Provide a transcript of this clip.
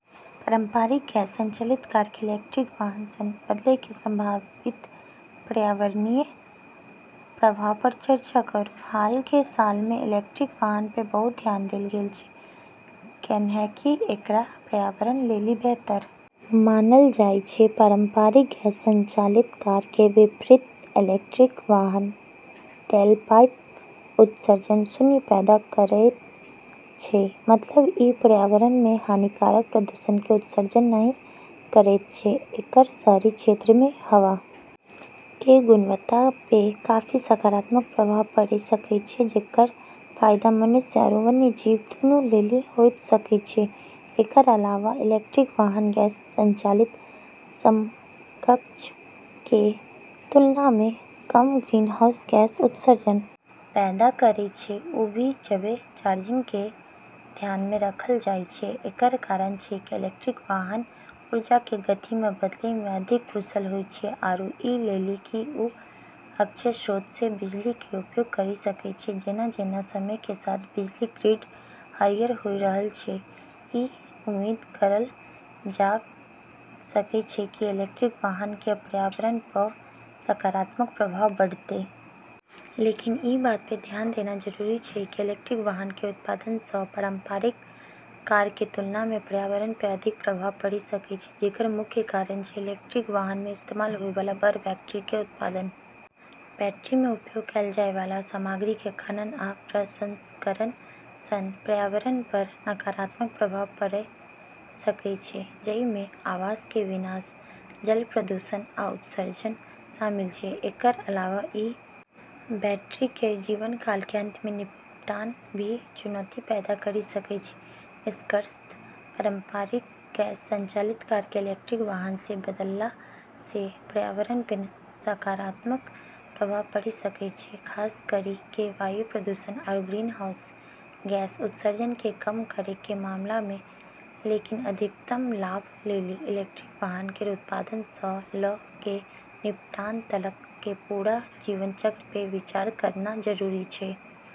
पारंपरिक गैस संचालित कार कें इलेक्ट्रिक वाहन सं बदलय कें संभावित पर्यावरणीय प्रभाव पर चर्चा करूं, हाल के सालऽ मे इलेक्ट्रिक वाहन पे बहुत ध्यान देलऽ गेलऽ छै, कैन्हेंकि एकरा पर्यावरण लेली बेहतर मानलऽ जाय छै, पारंपरिक गैस संचालित कार कें विपरीत इलेक्ट्रिक वाहन टेलपाइप उत्सर्जन शून्य पैदा करएयत छै मतलब इ पर्यावरण मे हानिकारक प्रदूषक कें उत्सर्जन नहि करएयत छै, एकरऽ शहरी क्षेत्रऽ मे हवा के गुणवत्ता पे काफी सकारात्मक प्रभाव पड़े सकै छै जेकरऽ फायदा मनुष्य आरू वन्यजीव दूनू लेली होय सकै छै, एकरऽ अलावा इलेक्ट्रिक वाहन गैस संचालित समकक्षऽ के तुलना मे कम ग्रीनहाउस गैस उत्सर्जन पैदा करै छै, उ भी जबे चार्जिंग के ध्यान मे रखलऽ जाय छै, एकरऽ कारण छै कि इलेक्ट्रिक वाहन ऊर्जा के गति मे बदलै मे अधिक कुशल होय छै आरू ई लेली कि उ अक्षय स्रोतऽ से बिजली के उपयोग करी सकै छै, जेना-जेना समय के साथ बिजली ग्रिड हरियर होय रहलऽ छै, ई उम्मीद करलऽ जाब॑ सकै छै कि इलेक्ट्रिक वाहनऽ के पर्यावरण प॑ सकारात्मक प्रभाव बढ़तै। लेकिन ई बात पे ध्यान देना जरूरी छै कि इलेक्ट्रिक वाहन के उत्पादन स॑ पारंपरिक कारऽ के तुलना मे पर्यावरण पे अधिक प्रभाव पड़े सकै छै जेकरऽ मुख्य कारण छै इलेक्ट्रिक वाहनऽ मे इस्तेमाल होय वाला बड़ऽ बैटरी के उत्पादन। बैटरी मे उपयोग कैल जाय वाला सामग्री कें खनन आ प्रसंस्करण सं पर्यावरण पर नकारात्मक प्रभाव पड़य सकय छै, जइ मे आवास कें विनाश, जल प्रदूषण आ उत्सर्जन शामिल छै, एकरऽ अलावा ई बैटरी केरऽ जीवन काल के अंत मे निपटान भी चुनौती पैदा करी सकै छै, निष्कर्षतः पारंपरिक गैस संचालित कार के इलेक्ट्रिक वाहन से बदलला से पर्यावरण पे सकारात्मक प्रभाव पड़े सकै छै, खास करी के वायु प्रदूषण आरू ग्रीनहाउस गैस उत्सर्जन के कम करै के मामला मे लेकिन अधिकतम लाभ लेली इलेक्ट्रिक वाहन केरऽ उत्पादन स ल के निपटान तलक के पूरा जीवन चक्र पे विचार करना जरूरी छै।